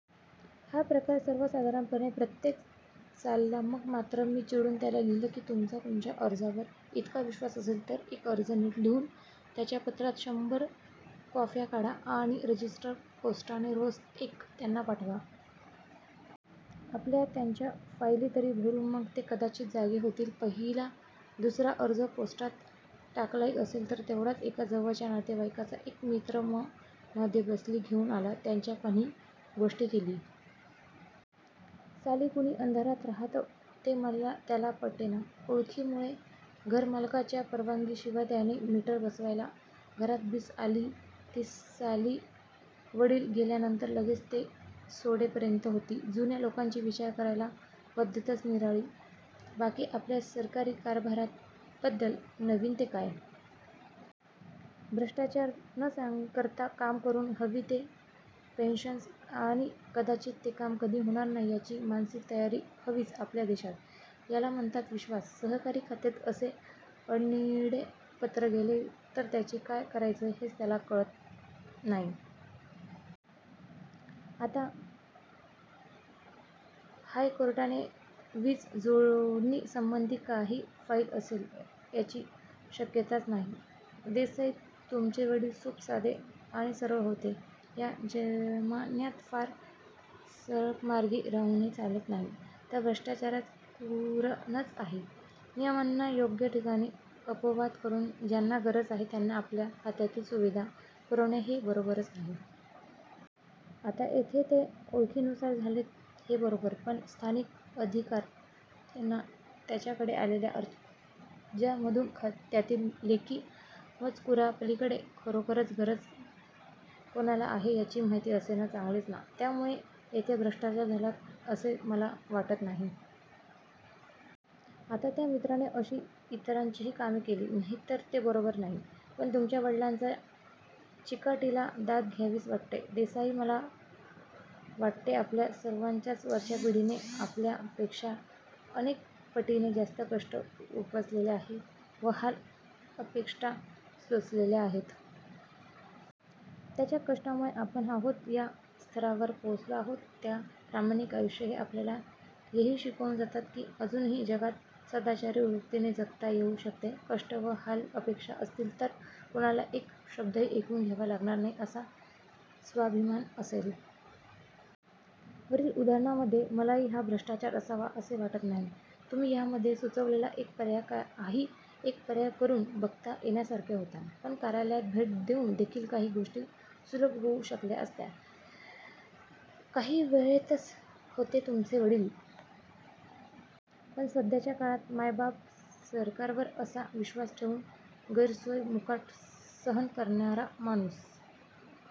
हा प्रकार सर्वसाधारणपणे पर्यंत चालला. मग मात्र मी चिडुन त्यांना लिहिलं की 'तुमचा तुमच्या अर्जावर इतका विश्वास असेल, तर एक अर्ज नीट लिहून, त्याच्या पन्नास/ शंभर कॉप्या काढा. आणि रजिस्टर पोस्टाने रोज एक त्यांना पाठवा. आपण त्यांच्या फाईली तरी भरू मग ते कदाचित जागे होतील. 'पहिला ुसरा अर्ज पोस्टात टाकलाही असेल. पण तेवढ्यात एका जवळच्या नातेवाईकाचा एक मित्र म. मं. मधे बदली घेऊन आला. त्याच्या कानी गोष्ट गेली. साली 'कुणी अंधारात रहातं,' हे त्याला पटेना. ओळखीमुळे 'घरमालकाच्या परवानगीशिवाय' त्याने मीटर बसवला. घरात वीज आली, ती साली वडिल गेल्यानंतर लगेच घर सोडेपर्यंत होती.. जुन्या लोकांची विचार करायची पद्ध्तच निराळी. बाकी आपल्या सरकारी कारभाराबद्दल, नवीन ते काय? भ्रष्टाचार न करता कामं करुन हवी तर पेशन्स आणि कदाचित ती कामं कधीच होणार नाहीत याची मानसिक तयारी हविच आपल्या देशात. याला म्हणतात विश्वास. सरकारी खात्यात असे अडनिडे पत्र गेले, तर त्याचे काय करायचे हेच त्याना कळत नाही. आता हायकोर्टात, वीज जोडणीसंबधी काही फाईल असेल, याची शक्यताच नाही. देसाई तुमचे वडील खुप साधे आणि सरळ होते पण ह्या जमान्यात फार सरळमार्गी राहुनही चालत नाही. तर भ्रष्टाचाराचं कुरणचं आहे. नियमांना योग्य ठिकाणी अपवाद करून ज्यांना गरज आहे त्यांना आपल्या खात्यातील सुविधा पुरवणे हे बरोबरच आहे. आता येथे ते ओळखीमुळे झाले हे बरोबर, पण स्थानिक अधिकार्यांना त्यांच्याकडे आलेल्या अर्जामधून त्यातील 'लेखी मजकुरापलिकडे' खरोखरच गरज कोणाला आहे याची माहिती असणे चांगलेच ना? त्यामुळे येथे भ्रष्टाचार झाला असे मला वाटत नाही. आता त्या मित्राने अशी इतरांचीही कामे केली नाहीत तर ते बरोबर नाही. पण तुमच्या वडिलांच्या चिकाटीला दाद द्यावीशी वाटते. देसाई, मला वाटते आपल्या सर्वान्च्याच वरच्या पिढीने आपल्यापेक्शा अनेक पटींनी जास्त कष्ट उपसलेले आहेत व हाल अपेष्टा सोसलेल्या आहेत. त्यांच्या कष्टांमुळेच आपण आहोत ह्या स्तरावर पोचलो आहोत. त्यांचे प्रामाणिक आयुष्य हे आपल्याला हेही शिकवून जातात की अजूनही जगात सदाचारी वृत्तीने जगता येऊ शकते. कष्ट व हाल अपेष्टा असतील पण कुणाचा एक शब्दही ऐकून घ्यावा लागणार नाही असा स्वाभिमान असेल. वरील उदाहरणामध्ये मलाही हा भ्रष्टाचार असावा असे वाटत नाही. तुम्ही ह्यामध्ये सुचवलेला एक पर्याय हाही एक प्रयोग करुन बघता येण्यासारखा होता. पण कार्यालयात भेट देउन देखील काही गोष्टी सुलभ होऊ शकल्या असत्या. काही वेगळेच होते तुमचे वडील! पण सध्याच्या काळात ''मायबाप सरकार''वर असा विश्वास ठेवून गैरसोय मुकाट सहन करणारा माणूस